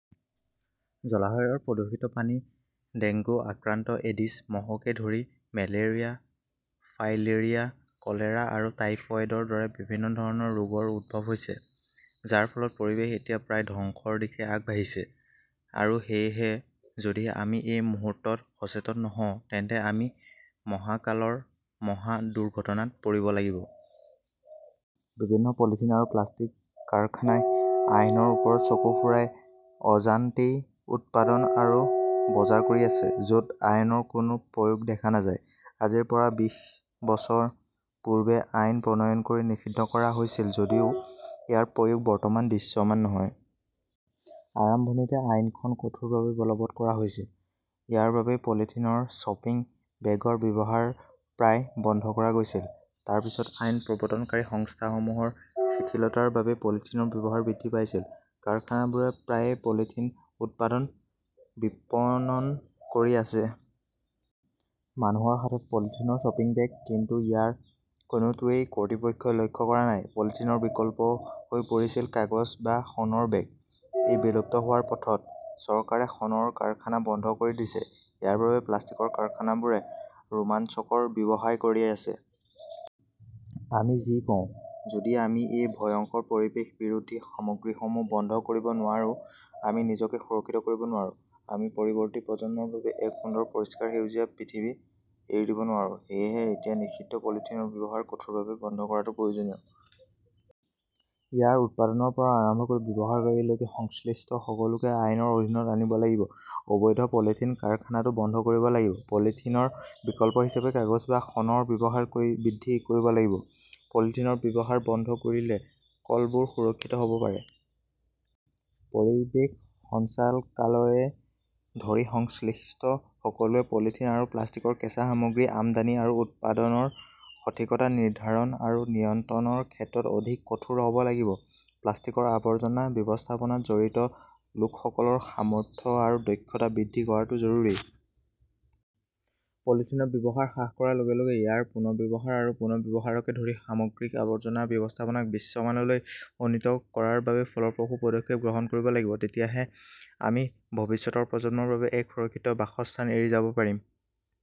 জলাশয়ৰ প্ৰদূষিত পানীত ডেংগু আক্ৰান্ত এডিছ মহকে ধৰি মেলেৰিয়া, ফাইলেৰিয়া, কলেৰা আৰু টাইফয়েডৰ দৰে বিভিন্ন ধৰণৰ ৰোগৰ উদ্ভৱ হৈছে। যাৰ ফলত পৰিৱেশ এতিয়া প্ৰায় ধ্বংসৰ দিশে আগবাঢ়িছে। আৰু সেয়েহে যদি আমি এই মুহূৰ্তত সচেতন নহওঁ, তেন্তে আমি মহাকালৰ মহা দুৰ্ঘটনাত পৰিব লাগিব। বিভিন্ন পলিথিন আৰু প্লাষ্টিক কাৰখানাই আইনৰ ওপৰত চকু ফুৰাই অজান্তেই উৎপাদন আৰু বজাৰ কৰি আছে। য'ত আইনৰ কোনো প্ৰয়োগ দেখা নাযায়। আজিৰ পৰা বিশ বছৰ পূৰ্বে আইন প্ৰণয়ন কৰি নিষিদ্ধ কৰা হৈছিল যদিও ইয়াৰ প্ৰয়োগ বৰ্তমান দৃশ্যমান নহয়। আৰম্ভণিতে আইনখন কঠোৰভাৱে বলৱৎ কৰা হৈছিল। ইয়াৰ বাবেই পলিথিনৰ শ্বপিং বেগৰ ব্যৱহাৰ প্ৰায় বন্ধ হৈ গৈছিল। তাৰ পাছত আইন প্ৰৱৰ্তনকাৰী সংস্থাসমূহৰ শিথিলতাৰ বাবে পলিথিনৰ ব্যৱহাৰ বৃদ্ধি পাইছিল। কাৰখানাবোৰে প্ৰায়ে পলিথিন উৎপাদন, বিপণন কৰি আছে। মানুহৰ হাতত পলিথিনৰ শ্বপিং বেগ। কিন্তু ইয়াৰ কোনোটোৱেই কৰ্তৃপক্ষই লক্ষ্য কৰা নাই। পলিথিনৰ বিকল্প হৈ পৰিছিল কাগজ বা শণৰ বেগ, ই বিলুপ্ত হোৱাৰ পথত। চৰকাৰে শণৰ কাৰখানা বন্ধ কৰি দিছে। ইয়াৰ বাবেই প্লাষ্টিকৰ কাৰখানাবোৰে ৰোমাঞ্চকৰ ব্যৱসায় কৰি আছে। আমি যি কওঁ, যদি আমি এই ভয়ংকৰ পৰিৱেশ বিৰোধী সামগ্ৰীসমূহ বন্ধ কৰিব নোৱাৰোঁ, আমি নিজকে সুৰক্ষিত কৰিব নোৱাৰোঁ, আমি পৰৱৰ্তী প্ৰজন্মৰ বাবে এক সুন্দৰ পৰিষ্কাৰ সেউজীয়া পৃথিৱী এৰি দিব নোৱাৰোঁ। সেয়েহে এতিয়া নিষিদ্ধ পলিথিনৰ ব্যৱহাৰ কঠোৰভাৱে বন্ধ কৰাটো প্ৰয়োজনীয়। ইয়াৰ উৎপাদনৰ পৰা আৰম্ভ কৰি ব্যৱহাৰকাৰীলৈকে সংশ্লিষ্ট সকলোকে আইনৰ অধীনত আনিব লাগিব। অবৈধ পলিথিন কাৰখানাটো বন্ধ কৰিব লাগিব। পলিথিনৰ বিকল্প হিচাপে কাগজ বা শণৰ ব্যৱহাৰ বৃদ্ধি কৰিব লাগিব। পলিথিনৰ ব্যৱহাৰ বন্ধ কৰিলে কলবোৰ সুৰক্ষিত হ'ব পাৰে। পৰিৱেশ সঞ্চালকালয়কে ধৰি সংশ্লিষ্ট সকলোৱে পলিথিন আৰু প্লাষ্টিকৰ কেঁচা সামগ্ৰী আমদানি আৰু উৎপাদনৰ সঠিকতা নিৰ্ধাৰণ আৰু নিয়ন্ত্ৰণৰ ক্ষেত্ৰত অধিক কঠোৰ হ'ব লাগিব। প্লাষ্টিকৰ আৱৰ্জনা ব্যৱস্থাপনাত জড়িত লোকসকলৰ সামৰ্থ্য আৰু দক্ষতা বৃদ্ধি কৰাটো জৰুৰী। পলিথিনৰ ব্যৱহাৰ হ্ৰাস কৰাৰ লগে লগে ইয়াৰ পুনৰ্ব্যৱহাৰ আৰু পুনৰ্ব্যৱহাৰকে ধৰি সামগ্ৰিক আৱৰ্জনা ব্যৱস্থাপনাক বিশ্বমানলৈ উন্নীত কৰাৰ বাবে ফলপ্ৰসূ পদক্ষেপ গ্ৰহণ কৰিব লাগিব। তেতিয়াহে আমি ভৱিষ্যতৰ প্ৰজন্মৰ বাবে এক সুৰক্ষিত বাসস্থান এৰি যাব পাৰিম।